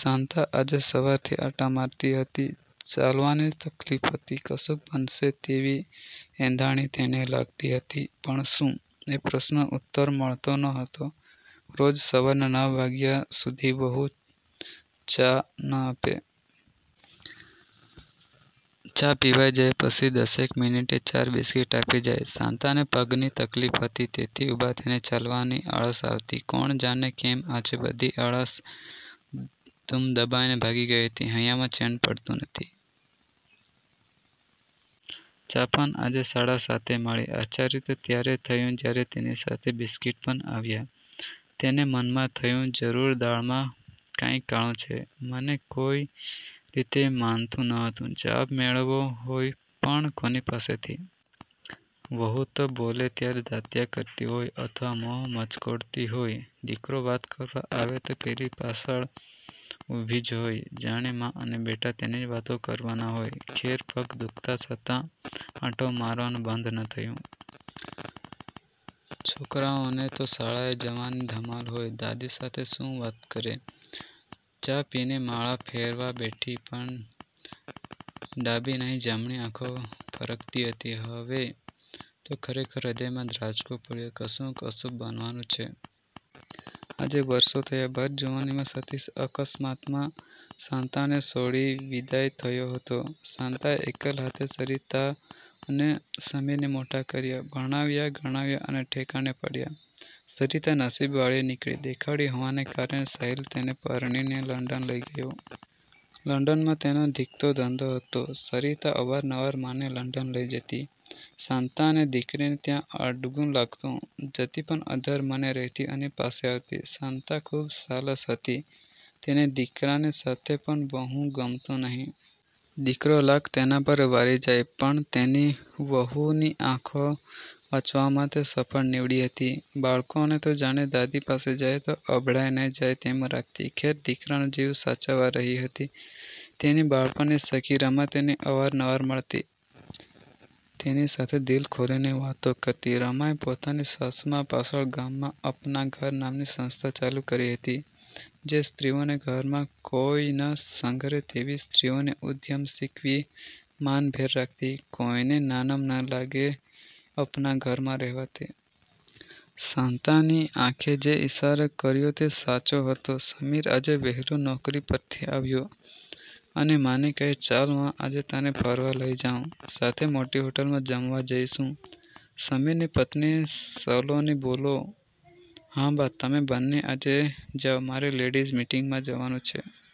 શાંતા આજે સવારથી આંટા મારતી હતી. ચાલવાની તકલીફ હતી. કશુંક બનશે તેવી એંધાણી તેને લાગતી હતી, પણ શું? એ પ્રશ્નનો ઉત્તર મળતો ન હતો. રોજ સવારના નવ વાગ્યા સુધી વહુ ચા ન આપે. ચા પિવાઈ જાય પછી દસેક મિનિટે ચાર બિસ્કિટ આપી જાય. શાંતાને પગની તકલીફ હતી, તેથી ઊભા થઈને ચાલવાની આળસ આવતી. કોણ જાણે કેમ આજે બધી આળસ દુમ દબાવીને ભાગી ગઈ હતી. હૈયામાં ચેન પડતું નથી. ચા પણ આજે સાડા સાતે મળી. આશ્ચર્ય તો ત્યારે થયું જ્યારે તેની સાથ બિસ્કિટ પણ આવ્યા. તેને મનમાં થયું જરૂર દાળમાં કાંઈ કાળું છે. મન કોઈ રીતે માનતું ન હતું. જવાબ મેળવવો હોય પણ કોની પાસેથી? વહુ તો બોલે ત્યારે દાંતિયા કરતી હોય, અથવા મ્હોં મચકોડતી હોય. દીકરો વાત કરવા આવે તો પેલી પાછળ ઊભી જ હોય. જાણે મા અને બેટા તેની જ વાતો ન કરવાના હોય! ખેર પગ દુખતા છતા આંટા મારવાનું બંધ ન થયું. છોકરાઓને તો શાળાએ જવાની ધમાલ હોય. દાદી સાથે શું વાત કરે? ચા પીને માળા ફેરવવા બેઠી પણ ડાબી નહીં જમણી આંખ ફરકતી હતી. હવે, તો ખરેખર હ્રદયમાં ધ્રાસકો પડ્યો! કશુંક અશુભ બનવાનું છે. આજે વર્ષો થયા ભર જુવાનીમાં સતીશ, અકસ્માતમાં શાંતાને છોડી વિદાય થયો હતો. શાંતાએ એકલે હાથે સરિતા અને સમીરને મોટા કર્યા. ભણાવ્યા, ગણાવ્યા અને ઠેકાણે પાડ્યા. સરિતા નસીબવાળી નીકળી. દેખાવડી હોવાને કારણે સાહિલ તેને પરણીને લંડન લઈ ગયો. લડંનમાં તેનો ધીકતો ધંધો હતો. સરિતા અવારનવાર માને લંડન લઈ જતી. શાંતાને દીકરીને ત્યાં અડવું લાગતું. જતી પણ અદ્ધર મને રહેતી અને પાછી આવતી. શાંતા ખૂબ સાલસ હતી. તેને દીકરાની સાથે પણ બહુ ગમતું નહી. દીકરો લાખ તેના પર વારી જાય પણ તેની વહુની આંખો વાંચવામાં તે સફળ નિવડી હતી. બાળકોને તો જાણે, દાદી પાસે જાય તો અભડાઈ ન જાય તેમ રાખતી. ખેર, દીકરાનો જીવ સાચવવા રહી હતી. તેની બાળપણની સખી રમા તેને અવારનવાર મળતી. તેની સાથે દિલ ખોલીને વાત કરતી. રમાએ પોતાની સાસુમા પાછળ ગામમાં 'અપના ઘર' નામની સંસ્થા ચાલુ કરી હતી. જે સ્ત્રીઓને ઘરમાં કોઈ ન સંઘરે તેવી સ્ત્રીઓને ઉદ્યમ શીખવી, માન ભેર રાખતી. કોઈને નાનમ ન લાગે અપના ઘરમાં રહેવાથી. શાંતાની આંખે જે ઈશારો કર્યો તે સાચો હતો. સમીર આજે વહેલો નોકરી પરથી આવ્યો, અને માને કહે, "ચાલ મા આજે તને ફરવા લઈ જાઉં. સાથે મોટી હોટલમાં જમવા જઈશું." સમીરની પત્ની સલોની બોલો, "હા, બા તમે બન્ને આજે જાવ મારે લેડીઝ મિટિંગમાં જવાનું છે."